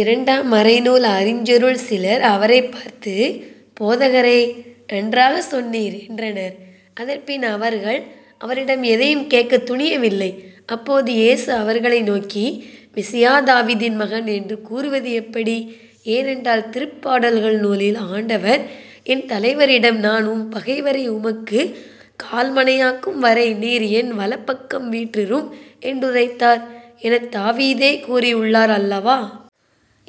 இரண்டாம் மறைநூல் அறிஞருள் சிலர் அவரைப் பார்த்து போதகரே நன்றாகச் சொன்னீர் என்றனர். அதன்பின் அவர்கள் அவரிடம் எதையும் கேட்கத் துணியவில்லை. அப்போது இயேசு அவர்களை நோக்கி மெசியா தாவீதின் மகன் என்று கூறுவது எப்படி? ஏனென்றால் திருப்பாடல்கள் நூலில் ஆண்டவர் என் தலைவரிடம் நான் உம் பகைவரை உமக்குக் கால் மணையாக்கும்வரை நீர் என் வலப்பக்கம் வீற்றிரும் என்றுரைத்தார் எனத் தாவீதே கூறியுள்ளார் அல்லவா?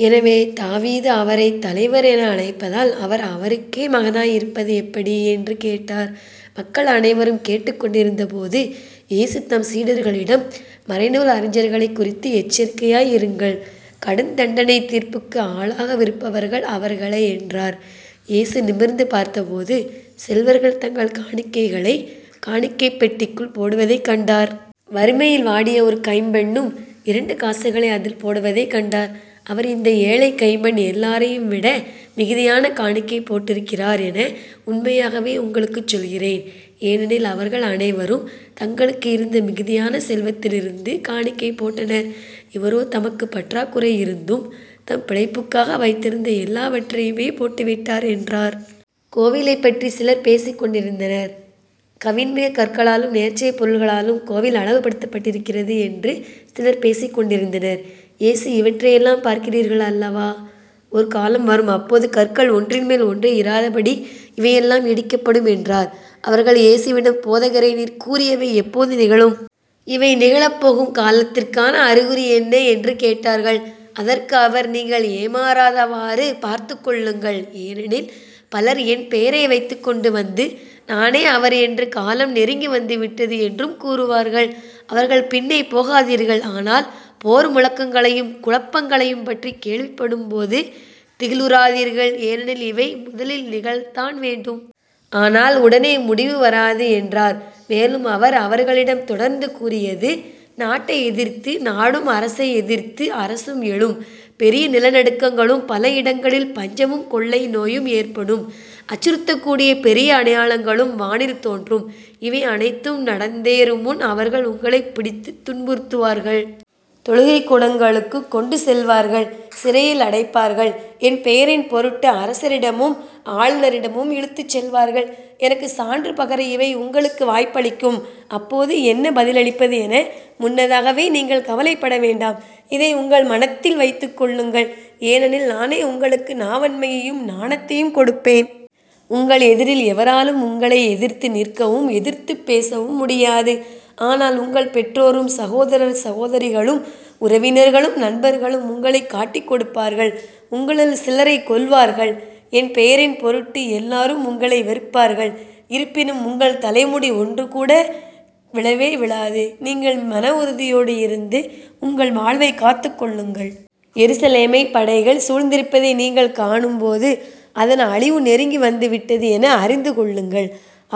எனவே தாவீது அவரைத் தலைவர் என அழைப்பதால் அவர் அவருக்கே மகனாய் இருப்பது எப்படி? என்று கேட்டார். மக்கள் அனைவரும் கேட்டுக் கொண்டிருந்தபோது இயேசு தம் சீடர்களிடம் மறைநூல் அறிஞர்களைக் குறித்து எச்சரிக்கையாய் இருங்கள். கடுந்தண்டனைத் தீர்ப்புக்கு ஆளாகவிருப்பவர்கள் அவர்களே என்றார். இயேசு நிமிர்ந்து பார்த்தபோது செல்வர்கள் தங்கள் காணிக்கைகளைக் காணிக்கைப் பெட்டிக்குள் போடுவதைக் கண்டார். வறுமையில் வாடிய ஒரு கைம்பெண்ணும் இரண்டு காசுகளை அதில் போடுவதைக் கண்டார். அவர் இந்த ஏழைக் கைம்பெண் எல்லாரையும்விட மிகுதியான காணிக்கை போட்டிருக்கிறார் என உண்மையாகவே உங்களுக்குச் சொல்கிறேன். ஏனெனில் அவர்கள் அனைவரும் தங்களுக்கு இருந்த மிகுதியான செல்வத்திலிருந்து காணிக்கை போட்டனர். இவரோ தமக்குப் பற்றாக்குறை இருந்தும் தம் பிழைப்புக்காக வைத்திருந்த எல்லாவற்றையுமே போட்டுவிட்டார் என்றார். கோவிலைப் பற்றிச் சிலர் பேசிக் கொண்டிருந்தனர். கவின் மிகு கற்களாலும் நேர்ச்சைப் பொருள்களாலும் கோவில் அழகுபடுத்தப்பட்டிருக்கிறது என்று சிலர் பேசிக் கொண்டிருந்தனர். இயேசு இவற்றையெல்லாம் பார்க்கிறீர்கள் அல்லவா? ஒரு காலம் வரும் அப்போது கற்கள் ஒன்றின் மேல் ஒன்று இராதபடி இவையெல்லாம் இடிக்கப்படும் என்றார். அவர்கள் இயேசுவிடம் போதகரே நீர் கூறியவை எப்போது நிகழும்? இவை நிகழப்போகும் காலத்திற்கான அறிகுறி என்ன? என்று கேட்டார்கள். அதற்கு அவர் நீங்கள் ஏமாறாதவாறு பார்த்துக்கொள்ளுங்கள் ஏனெனில் பலர் என் பெயரை வைத்துக்கொண்டு வந்து நானே அவர் என்றும் காலம் நெருங்கி வந்துவிட்டது என்றும் கூறுவார்கள் அவர்கள் பின்னே போகாதீர்கள். ஆனால் போர் முழக்கங்களையும் குழப்பங்களையும்பற்றிக் கேள்விப்படும்போது திகிலுறாதீர்கள் ஏனெனில் இவை முதலில் நிகழத்தான் வேண்டும். ஆனால் உடனே முடிவு வராது என்றார். மேலும் அவர் அவர்களிடம் தொடர்ந்து கூறியது நாட்டை எதிர்த்து நாடும் அரசை எதிர்த்து அரசும் எழும். பெரிய நிலநடுக்கங்களும் பல இடங்களில் பஞ்சமும் கொள்ளை நோயும் ஏற்படும் அச்சுறுத்தக்கூடிய பெரிய அடையாளங்களும் வானில் தோன்றும். இவை அனைத்தும் நடந்தேறுமுன் அவர்கள் உங்களைப் பிடித்துத் துன்புறுத்துவார்கள். தொழுகைக்கூடங்களுக்குக் கொண்டு செல்வார்கள். சிறையில் அடைப்பார்கள். என் பெயரின்பொருட்டு அரசரிடமும் ஆளுநரிடமும் இழுத்துச் செல்வார்கள். எனக்குச் சான்று பகர இவை உங்களுக்கு வாய்ப்பளிக்கும். அப்போது என்ன பதில் அளிப்பது என முன்னதாகவே நீங்கள் கவலைப்பட வேண்டாம். இதை உங்கள் மனத்தில் வைத்துக்கொள்ளுங்கள். ஏனெனில் நானே உங்களுக்கு நாவன்மையையும் ஞானத்தையும் கொடுப்பேன். உங்கள் எதிரில் எவராலும் உங்களை எதிர்த்து நிற்கவும் எதிர்த்துப் பேசவும் முடியாது. ஆனால் உங்கள் பெற்றோரும் சகோதரர் சகோதரிகளும் உறவினர்களும் நண்பர்களும் உங்களைக் காட்டிக்கொடுப்பார்கள். உங்களுள் சிலரைக் கொல்வார்கள். என்பெயரின் பொருட்டு எல்லாரும் உங்களை வெறுப்பார்கள். இருப்பினும் உங்கள் தலைமுடி ஒன்றுகூட விழவே விழாது. நீங்கள் மன உறுதியோடு இருந்து உங்கள் வாழ்வைக் காத்துக் கொள்ளுங்கள். எருசலேமைப் படைகள் சூழ்ந்திருப்பதை நீங்கள் காணும்போது அதன் அழிவு நெருங்கி வந்துவிட்டது என அறிந்துகொள்ளுங்கள்.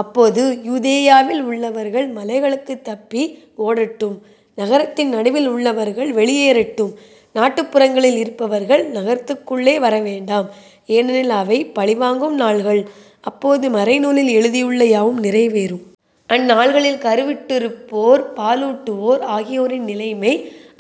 அப்போது யூதேயாவில் உள்ளவர்கள் மலைகளுக்குத் தப்பி ஓடட்டும். நகரத்தின் நடுவில் உள்ளவர்கள் வெளியேறட்டும். நாட்டுப் புறங்களில் இருப்பவர்கள் நகரத்துக்குள்ளே வரவேண்டாம். ஏனெனில் அவை பழிவாங்கும் நாள்கள். அப்போது மறைநூலில் எழுதியுள்ள யாவும் நிறைவேறும். அந்நாள்களில் கருவுற்றிருப்போர் பாலூட்டுவோர் ஆகியோரின் நிலைமை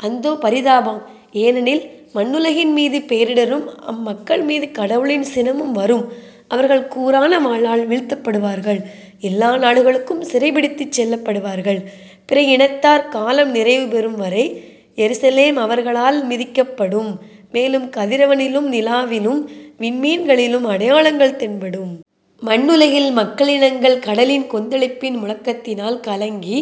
அந்தோ பரிதாபம். ஏனெனில் மண்ணுலகின்மீது பேரிடரும் அம்மக்கள் மீது கடவுளின் சினமும் வரும். அவர்கள் கூரான வாளால் வீழ்த்தப்படுவார்கள். எல்லா நாடுகளுக்கும் சிறைப்பிடித்துச் செல்லப்படுவார்கள். பிற இனத்தார் காலம் நிறைவு பெறும் வரை எருசலேம் அவர்களால் மிதிக்கப்படும். மேலும் கதிரவனிலும் நிலாவிலும் விண்மீன்களிலும் அடையாளங்கள் தென்படும். மண்ணுலகில் மக்களினங்கள் கடலின் கொந்தளிப்பின் முழக்கத்தினால் கலங்கி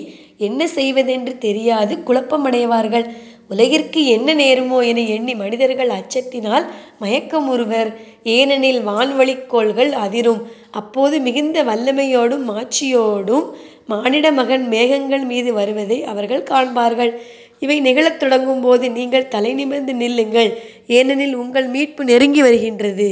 என்ன செய்வதென்று தெரியாது குழப்பம் அடைவார்கள். உலகிற்கு என்ன நேருமோ என எண்ணி மனிதர் அச்சத்தினால் மயக்கமுறுவர். ஏனெனில் வான்வெளிகோள்கள் அதிரும். அப்போது மிகுந்த வல்லமையோடும் மாட்சியோடும் மானிடமகன் மேகங்கள் மீது வருவதை அவர்கள் காண்பார்கள். இவை நிகழத் தொடங்கும்போது நீங்கள் தலைநிமிர்ந்து நில்லுங்கள் ஏனெனில் உங்கள் மீட்பு நெருங்கி வருகின்றது.